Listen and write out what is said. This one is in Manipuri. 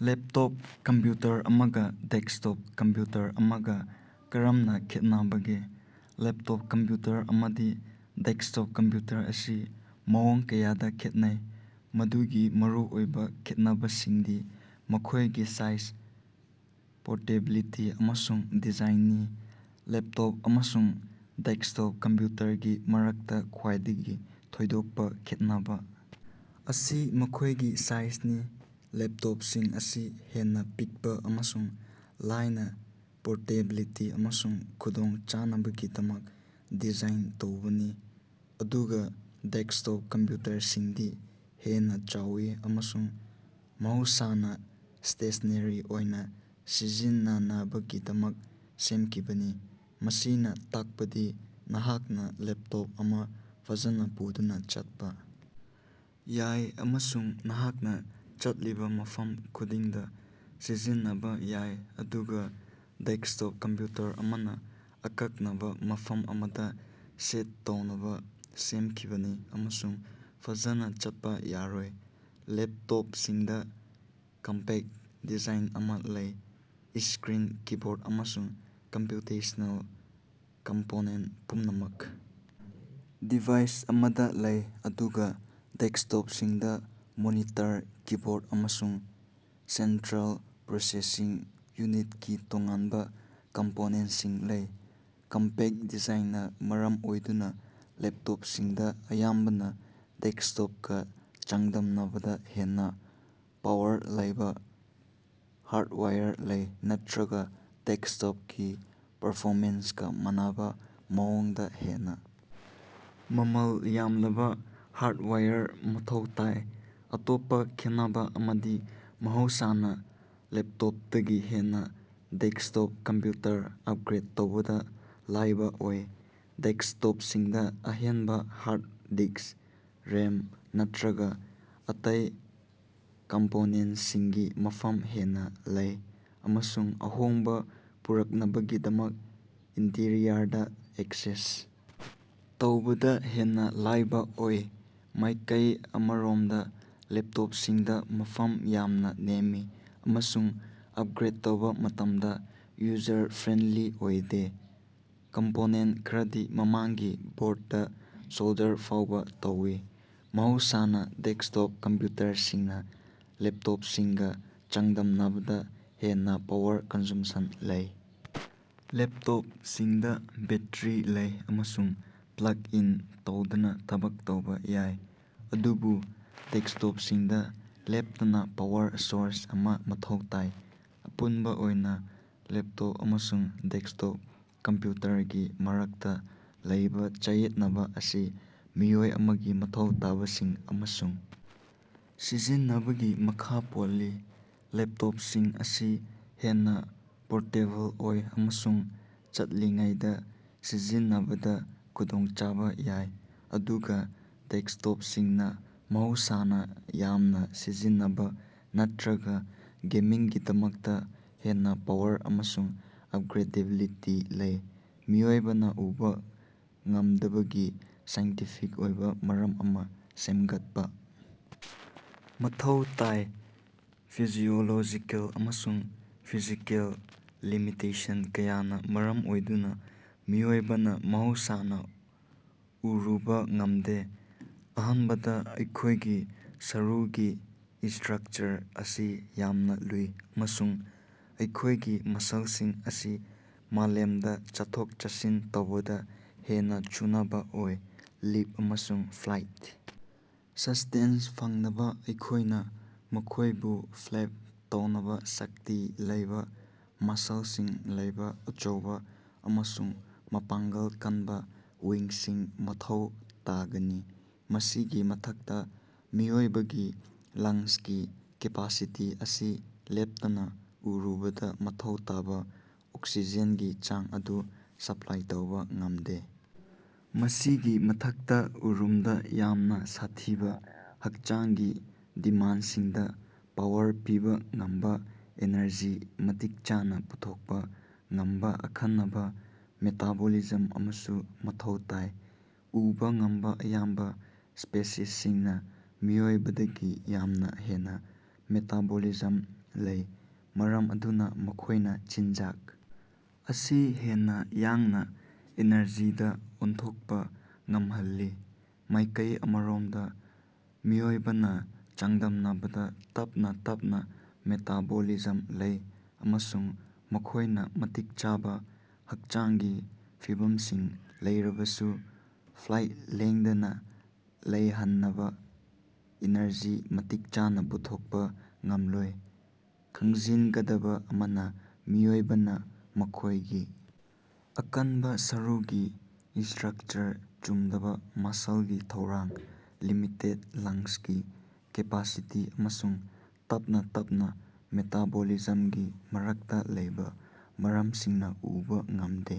ꯂꯦꯞꯇꯣꯞ ꯀꯝꯄ꯭ꯌꯨꯇꯔ ꯑꯃꯒꯥ ꯗꯦꯛꯁꯇꯣꯞ ꯀꯝꯄ꯭ꯌꯨꯇꯔ ꯑꯃꯒꯥ ꯀꯔꯝꯅꯥ ꯈꯦꯠꯅꯕꯒꯦ? ꯂꯦꯞꯇꯣꯞ ꯀꯝꯄ꯭ꯌꯨꯇꯔ ꯑꯃꯗꯤ ꯗꯦꯛꯁꯇꯣꯞ ꯀꯝꯄ꯭ꯌꯨꯇꯔ ꯑꯁꯤ ꯃꯑꯣꯡ ꯀꯌꯥꯗꯥ ꯈꯦꯠꯅꯩ, ꯃꯗꯨꯒꯤ ꯃꯔꯨꯑꯣꯏꯕꯥ ꯈꯦꯠꯅꯕꯁꯤꯡꯗꯤ ꯃꯈꯣꯏꯒꯤ ꯁꯥꯏꯖ, ꯄꯣꯔꯇꯦꯕꯤꯂꯤꯇꯤ ꯑꯃꯁꯨꯡ ꯗꯤꯖꯥꯏꯟꯅꯤ꯫ ꯂꯦꯞꯇꯣꯞ ꯑꯃꯁꯨꯡ ꯗꯦꯛꯁꯇꯣꯞ ꯀꯝꯄ꯭ꯌꯨꯇꯔꯒꯤ ꯃꯔꯛꯇꯥ ꯈ꯭ꯋꯥꯏꯗꯒꯤ ꯊꯣꯏꯗꯣꯛꯄꯥ ꯈꯦꯠꯅꯕꯥ ꯑꯁꯤ ꯃꯈꯣꯏꯒꯤ ꯁꯥꯏꯖꯅꯤ꯫ ꯂꯦꯞꯇꯣꯞꯁꯤꯡ ꯑꯁꯤ ꯍꯦꯟꯅꯥ ꯄꯤꯛꯄꯥ ꯑꯃꯁꯨꯡ ꯂꯥꯏꯅꯥ, ꯄꯣꯔꯇꯦꯕꯤꯂꯤꯇꯤ ꯑꯃꯁꯨꯡ ꯈꯨꯗꯣꯡꯆꯥꯅꯕꯒꯤꯗꯃꯛ ꯗꯤꯖꯥꯏꯟ ꯇꯧꯕꯅꯤ, ꯑꯗꯨꯒꯥ ꯗꯦꯛꯁꯇꯣꯞ ꯀꯝꯄ꯭ꯌꯨꯇꯔꯁꯤꯡꯗꯤ ꯍꯦꯟꯅꯥ ꯆꯥꯎꯏ ꯑꯃꯁꯨꯡ ꯃꯍꯧꯁꯥꯅꯥ ꯁ꯭ꯇꯦꯁꯅꯦꯔꯤ ꯑꯣꯏꯅꯥ ꯁꯤꯖꯤꯟꯅꯅꯕꯒꯤꯗꯃꯛ ꯁꯦꯝꯈꯤꯕꯅꯤ꯫ ꯃꯁꯤꯅꯥ ꯇꯥꯛꯄꯗꯤ ꯅꯍꯥꯛꯅꯥ ꯂꯦꯞꯇꯣꯞ ꯑꯃꯥ ꯐꯖꯅꯥ ꯄꯨꯗꯨꯅꯥ ꯆꯠꯄꯥ ꯌꯥꯏ ꯑꯃꯁꯨꯡ ꯅꯍꯥꯛꯅꯥ ꯆꯠꯂꯤꯕꯥ ꯃꯐꯝ ꯈꯨꯗꯤꯡꯗꯥ ꯁꯤꯖꯤꯟꯅꯕꯥ ꯌꯥꯏ, ꯑꯗꯨꯒꯥ ꯗꯦꯛꯁꯇꯣꯞ ꯀꯝꯄ꯭ꯌꯨꯇꯔ ꯑꯃꯅꯥ ꯑꯀꯛꯅꯕꯥ ꯃꯐꯝ ꯑꯃꯗꯥ ꯁꯦꯠ ꯇꯧꯅꯕꯥ ꯁꯦꯝꯈꯤꯕꯅꯤ ꯑꯃꯁꯨꯡ ꯐꯖꯅꯥ ꯆꯠꯄꯥ ꯌꯥꯔꯣꯏ꯫ ꯂꯦꯞꯇꯣꯞꯁꯤꯡꯗꯥ ꯀꯝꯄꯦꯛ ꯗꯤꯖꯥꯏꯟ ꯑꯃꯥ ꯂꯩ, ꯏꯁꯀ꯭ꯔꯤꯟ, ꯀꯤꯕꯣꯔꯠ ꯑꯃꯁꯨꯡ ꯀꯝꯄ꯭ꯌꯨꯇꯦꯁꯅꯦꯜ ꯀꯝꯄꯣꯅꯦꯟ ꯄꯨꯝꯅꯃꯛ ꯗꯤꯚꯥꯏꯁ ꯑꯃꯗꯥ ꯂꯩ, ꯑꯗꯨꯒꯥ ꯗꯦꯛꯁꯇꯣꯞꯁꯤꯡꯗꯥ ꯃꯣꯅꯤꯇꯔ, ꯀꯤꯕꯣꯔꯠ ꯑꯃꯁꯨꯡ ꯁꯦꯟꯇ꯭ꯔꯦꯜ ꯄ꯭ꯔꯣꯁꯦꯁꯤꯡ ꯌꯨꯅꯤꯠꯀꯤ ꯇꯣꯉꯥꯟꯕꯥ ꯀꯝꯄꯣꯅꯦꯟꯁꯤꯡ ꯂꯩ꯫ ꯀꯝꯄꯦꯛ ꯗꯤꯖꯥꯏꯟꯅꯥ ꯃꯔꯝ ꯑꯣꯏꯗꯨꯅꯥ, ꯂꯦꯞꯇꯣꯞꯁꯤꯡꯗꯥ ꯑꯌꯥꯝꯕꯅꯥ ꯗꯦꯛꯁꯇꯣꯞꯀꯥ ꯆꯥꯡꯗꯝꯅꯕꯗꯥ ꯍꯦꯟꯅꯥ ꯄꯥꯋꯔ ꯂꯩꯕꯥ ꯍꯥꯔꯠꯋꯥꯌꯔ ꯂꯩ, ꯅꯠꯇ꯭ꯔꯒꯥ ꯗꯦꯛꯁꯇꯣꯞꯀꯤ ꯄꯔꯐꯣꯃꯦꯟꯁꯀꯥ ꯃꯥꯟꯅꯕꯥ ꯃꯑꯣꯡꯗꯥ ꯍꯦꯟꯅꯥ ꯃꯃꯜ ꯌꯥꯝꯂꯕꯥ ꯍꯥꯔꯠꯋꯥꯌꯔ ꯃꯊꯧ ꯇꯥꯏ꯫ ꯑꯇꯣꯞꯄꯥ ꯈꯦꯟꯅꯕꯥ ꯑꯃꯗꯤ ꯃꯍꯧꯁꯥꯅꯥ ꯂꯦꯞꯇꯣꯞꯇꯒꯤ ꯍꯦꯟꯅꯥ ꯗꯦꯛꯁꯇꯣꯞ ꯀꯝꯄ꯭ꯌꯨꯇꯔ ꯑꯞꯒ꯭ꯔꯦꯠ ꯇꯧꯕꯗꯥ ꯂꯥꯏꯕꯥ ꯑꯣꯏ꯫ ꯗꯦꯛꯁꯇꯣꯞꯁꯤꯡꯗꯥ ꯑꯍꯦꯟꯕꯥ ꯍꯥꯔꯠ ꯗꯤꯛꯁ, ꯔꯦꯝ, ꯅꯠꯇ꯭ꯔꯒꯥ ꯑꯇꯩ ꯀꯝꯄꯣꯅꯦꯟꯇꯁꯤꯡꯒꯤ ꯃꯐꯝ ꯍꯦꯟꯅꯥ ꯂꯩ ꯑꯃꯁꯨꯡ ꯑꯍꯣꯡꯕꯥ ꯄꯨꯔꯛꯅꯕꯒꯤꯗꯃꯛ ꯏꯟꯇꯤꯔꯤꯌꯔꯗꯥ ꯑꯦꯛꯁꯦꯁ ꯇꯧꯕꯗꯥ ꯍꯦꯟꯅꯥ ꯂꯥꯏꯕꯥ ꯑꯣꯏ꯫ ꯃꯥꯏꯀꯩ ꯑꯃꯔꯣꯝꯗꯥ ꯂꯦꯞꯇꯣꯞꯁꯤꯡꯗꯥ ꯃꯐꯝ ꯌꯥꯝꯅꯥ ꯅꯦꯝꯃꯤ ꯑꯃꯁꯨꯡ ꯑꯞꯒ꯭ꯔꯦꯠ ꯇꯧꯕꯥ ꯃꯇꯝꯗꯥ ꯌꯨꯖꯔ ꯐ꯭ꯔꯦꯟꯂꯤ ꯑꯣꯏꯗꯦ, ꯀꯝꯄꯣꯅꯦꯟ ꯈꯔꯗꯤ ꯃꯃꯥꯡꯒꯤ ꯕꯣꯔꯠꯇꯥ ꯁꯣꯜꯗꯔ ꯐꯥꯎꯕꯥ ꯇꯧꯏ꯫ ꯃꯍꯧꯁꯥꯅꯥ ꯗꯦꯛꯁꯇꯣꯞ ꯀꯝꯄ꯭ꯌꯨꯇꯔꯁꯤꯡꯅꯥ ꯂꯦꯞꯇꯣꯞꯁꯤꯡꯒꯥ ꯆꯥꯡꯗꯝꯅꯕꯗꯥ ꯍꯦꯟꯅꯥ ꯄꯥꯋꯔ ꯀꯟꯖꯨꯝꯁꯟ ꯂꯩ꯫ ꯂꯦꯞꯇꯣꯞꯁꯤꯡꯗꯥ ꯕꯦꯠꯇꯔꯤ ꯂꯩ ꯑꯃꯁꯨꯡ ꯄ꯭ꯂꯛ ꯏꯟ ꯇꯧꯗꯅꯥ ꯊꯕꯛ ꯇꯧꯕꯥ ꯌꯥꯏ, ꯑꯗꯨꯕꯨ ꯗꯦꯛꯁꯇꯣꯞꯁꯤꯡꯗꯥ ꯂꯦꯞꯇꯅꯥ ꯄꯥꯋꯔ ꯁꯣꯔꯁ ꯑꯃꯥ ꯃꯊꯧ ꯇꯥꯏ꯫ ꯑꯄꯨꯟꯕꯥ ꯑꯣꯏꯅꯥ ꯂꯦꯞꯇꯣꯞ ꯑꯃꯁꯨꯡ ꯗꯦꯛꯁꯇꯣꯞ ꯀꯝꯄ꯭ꯌꯨꯇꯔꯒꯤ ꯃꯔꯛꯇꯥ ꯂꯩꯕꯥ ꯆꯌꯦꯠꯅꯕꯥ ꯑꯁꯤ ꯃꯤꯑꯣꯏ ꯑꯃꯒꯤ ꯃꯊꯧ ꯇꯥꯕꯁꯤꯡ ꯑꯃꯁꯨꯡ ꯁꯤꯖꯤꯟꯅꯕꯒꯤ ꯃꯈꯥ ꯄꯣꯜꯂꯤ꯫ ꯂꯦꯞꯇꯣꯞꯁꯤꯡ ꯑꯁꯤ ꯍꯦꯟꯅꯥ ꯄꯣꯔꯇꯦꯕꯜ ꯑꯣꯏ ꯑꯃꯁꯨꯡ ꯆꯠꯂꯤꯉꯩꯗꯥ ꯁꯤꯖꯤꯟꯅꯕꯗꯥ ꯈꯨꯗꯣꯡꯆꯥꯕꯥ ꯌꯥꯏ, ꯑꯗꯨꯒꯥ ꯗꯦꯛꯁꯇꯣꯞꯁꯤꯡꯅꯥ ꯃꯍꯧꯁꯥꯅꯥ ꯌꯥꯝꯅꯥ ꯁꯤꯖꯤꯟꯅꯕꯥ ꯅꯠꯇ꯭ꯔꯒꯥ ꯒꯦꯃꯤꯡꯒꯤꯗꯃꯛꯇꯥ ꯍꯦꯟꯅꯥ ꯄꯥꯋꯔ ꯑꯃꯁꯨꯡ ꯑꯞꯒ꯭ꯔꯦꯗꯦꯕꯤꯂꯤꯇꯤ ꯂꯩ꯫ ꯃꯤꯑꯣꯏꯕꯅꯥ ꯎꯕꯥ ꯉꯝꯗꯕꯒꯤ ꯁꯥꯏꯟꯇꯤꯐꯤꯛ ꯑꯣꯏꯕꯥ ꯃꯔꯝ ꯑꯃꯥ ꯁꯦꯝꯒꯠꯄꯥ ꯃꯊꯧ ꯇꯥꯏ꯫ ꯐꯤꯖꯤꯑꯣꯂꯣꯖꯤꯀꯦꯜ ꯑꯃꯁꯨꯡ ꯐꯤꯖꯤꯀꯦꯜ ꯂꯤꯃꯤꯇꯦꯁꯟ ꯀꯌꯥꯅꯥ ꯃꯔꯝ ꯑꯣꯏꯗꯨꯅꯥ ꯃꯤꯑꯣꯏꯕꯅꯥ ꯃꯍꯧꯁꯥꯅꯥ ꯎꯔꯨꯕꯥ ꯉꯝꯗꯦ꯫ ꯑꯍꯥꯟꯕꯗꯥ, ꯑꯩꯈꯣꯏꯒꯤ ꯁꯔꯨꯒꯤ ꯏꯁꯇ꯭ꯔꯛꯆꯔ ꯑꯁꯤ ꯌꯥꯝꯅꯥ ꯂꯨꯏ ꯑꯃꯁꯨꯡ ꯑꯩꯈꯣꯏꯒꯤ ꯃꯁꯜꯁꯤꯡ ꯑꯁꯤ ꯃꯥꯂꯦꯝꯗꯥ ꯆꯠꯊꯣꯛ-ꯆꯠꯁꯤꯟ ꯇꯧꯕꯗꯥ ꯍꯦꯟꯅꯥ ꯆꯨꯅꯕꯥ ꯑꯣꯏ꯫ ꯂꯤꯞ ꯑꯃꯁꯨꯡ ꯐ꯭ꯂꯥꯏꯠ ꯁꯁ꯭ꯇꯦꯟꯁ ꯐꯪꯅꯕꯥ ꯑꯩꯈꯣꯏꯅꯥ ꯃꯈꯣꯏꯕꯨ ꯐ꯭ꯂꯦꯞ ꯇꯧꯅꯕꯥ ꯁꯛꯇꯤ ꯂꯩꯕꯥ ꯃꯁꯜꯁꯤꯡ ꯂꯩꯕꯥ ꯑꯆꯧꯕꯥ ꯑꯃꯁꯨꯡ ꯃꯄꯥꯡꯒꯜ ꯀꯟꯕꯥ ꯋꯤꯡꯁꯤꯡ ꯃꯊꯧ ꯇꯥꯒꯅꯤ꯫ ꯃꯁꯤꯒꯤ ꯃꯊꯛꯇꯥ, ꯃꯤꯑꯣꯏꯕꯒꯤ ꯂꯪꯁꯀꯤ ꯀꯦꯄꯥꯁꯤꯇꯤ ꯑꯁꯤ ꯂꯦꯞꯇꯅꯥ ꯎꯔꯨꯕꯗꯥ ꯃꯊꯧ ꯇꯥꯕꯥ ꯑꯣꯛꯁꯤꯖꯦꯟꯒꯤ ꯆꯥꯡ ꯑꯗꯨ ꯁꯄ꯭ꯂꯥꯏ ꯇꯧꯕꯥ ꯉꯝꯗꯦ꯫ ꯃꯁꯤꯒꯤ ꯃꯊꯛꯇꯥ, ꯎꯔꯨꯝꯗꯥ ꯌꯥꯝꯅꯥ ꯁꯥꯊꯤꯕꯥ ꯍꯛꯆꯥꯡꯒꯤ ꯗꯤꯃꯥꯟꯗꯁꯤꯡꯗꯥ ꯄꯥꯋꯔ ꯄꯤꯕꯥ ꯉꯝꯕꯥ ꯑꯦꯅꯔꯖꯤ ꯃꯇꯤꯛ ꯆꯥꯅꯥ ꯄꯨꯊꯣꯛꯄꯥ ꯉꯝꯕꯥ ꯑꯈꯟꯅꯕꯥ ꯃꯦꯇꯥꯕꯣꯂꯤꯖꯝ ꯑꯃꯁꯨ ꯃꯊꯧ ꯇꯥꯏ꯫ ꯎꯕꯥ ꯉꯝꯕꯥ ꯑꯌꯥꯝꯕꯥ ꯁ꯭ꯄꯦꯁꯤꯁꯁꯤꯡꯅꯥ ꯃꯤꯑꯣꯏꯕꯗꯒꯤ ꯌꯥꯝꯅꯥ ꯍꯦꯟꯅꯥ ꯃꯦꯇꯥꯕꯣꯂꯤꯖꯝ ꯂꯩ, ꯃꯔꯝ ꯑꯗꯨꯅꯥ ꯃꯈꯣꯏꯅꯥ ꯆꯤꯟꯖꯥꯛ ꯑꯁꯤ ꯍꯦꯟꯅꯥ ꯌꯥꯡꯅꯥ ꯑꯦꯅꯔꯖꯤꯗꯥ ꯑꯣꯟꯊꯣꯛꯄꯥ ꯉꯝꯍꯜꯂꯤ꯫ ꯃꯥꯏꯀꯩ ꯑꯃꯔꯣꯝꯗꯥ ꯃꯤꯑꯣꯏꯕꯅꯥ ꯆꯥꯡꯗꯝꯅꯕꯗꯥ ꯇꯞꯅꯥ ꯇꯞꯅꯥ ꯃꯦꯇꯥꯕꯣꯂꯤꯖꯝ ꯂꯩ ꯑꯃꯁꯨꯡ ꯃꯈꯣꯏꯅꯥ ꯃꯇꯤꯛ ꯆꯥꯕꯥ ꯍꯛꯆꯥꯡꯒꯤ ꯐꯤꯕꯝꯁꯤꯡ ꯂꯩꯔꯕꯁꯨ ꯐ꯭ꯂꯥꯏꯠ ꯂꯦꯡꯗꯅꯥ ꯂꯩꯍꯟꯅꯕꯥ ꯏꯅꯔꯖꯤ ꯃꯇꯤꯛ ꯆꯥꯅꯥ ꯄꯨꯊꯣꯛꯄꯥ ꯉꯝꯂꯣꯏ꯫ ꯈꯪꯖꯤꯟꯒꯗꯕꯥ ꯑꯃꯅꯥ, ꯃꯤꯑꯣꯏꯕꯅꯥ ꯃꯈꯣꯏꯒꯤ ꯑꯀꯟꯕꯥ ꯁꯔꯨꯒꯤ ꯏꯁꯇ꯭ꯔꯛꯆꯔ, ꯆꯨꯝꯗꯕꯥ ꯃꯁꯜꯒꯤ ꯊꯧꯔꯥꯡ, ꯂꯤꯃꯤꯇꯦꯠ ꯂꯪꯁꯀꯤ ꯀꯦꯄꯥꯁꯤꯇꯤ ꯑꯃꯁꯨꯡ ꯇꯞꯅꯥ ꯇꯞꯅꯥ ꯃꯦꯇꯥꯕꯣꯂꯤꯖꯝꯒꯤ ꯃꯔꯛꯇꯥ ꯂꯩꯕꯥ ꯃꯔꯝꯁꯤꯡꯅꯥ ꯎꯕꯥ ꯉꯝꯗꯦ꯫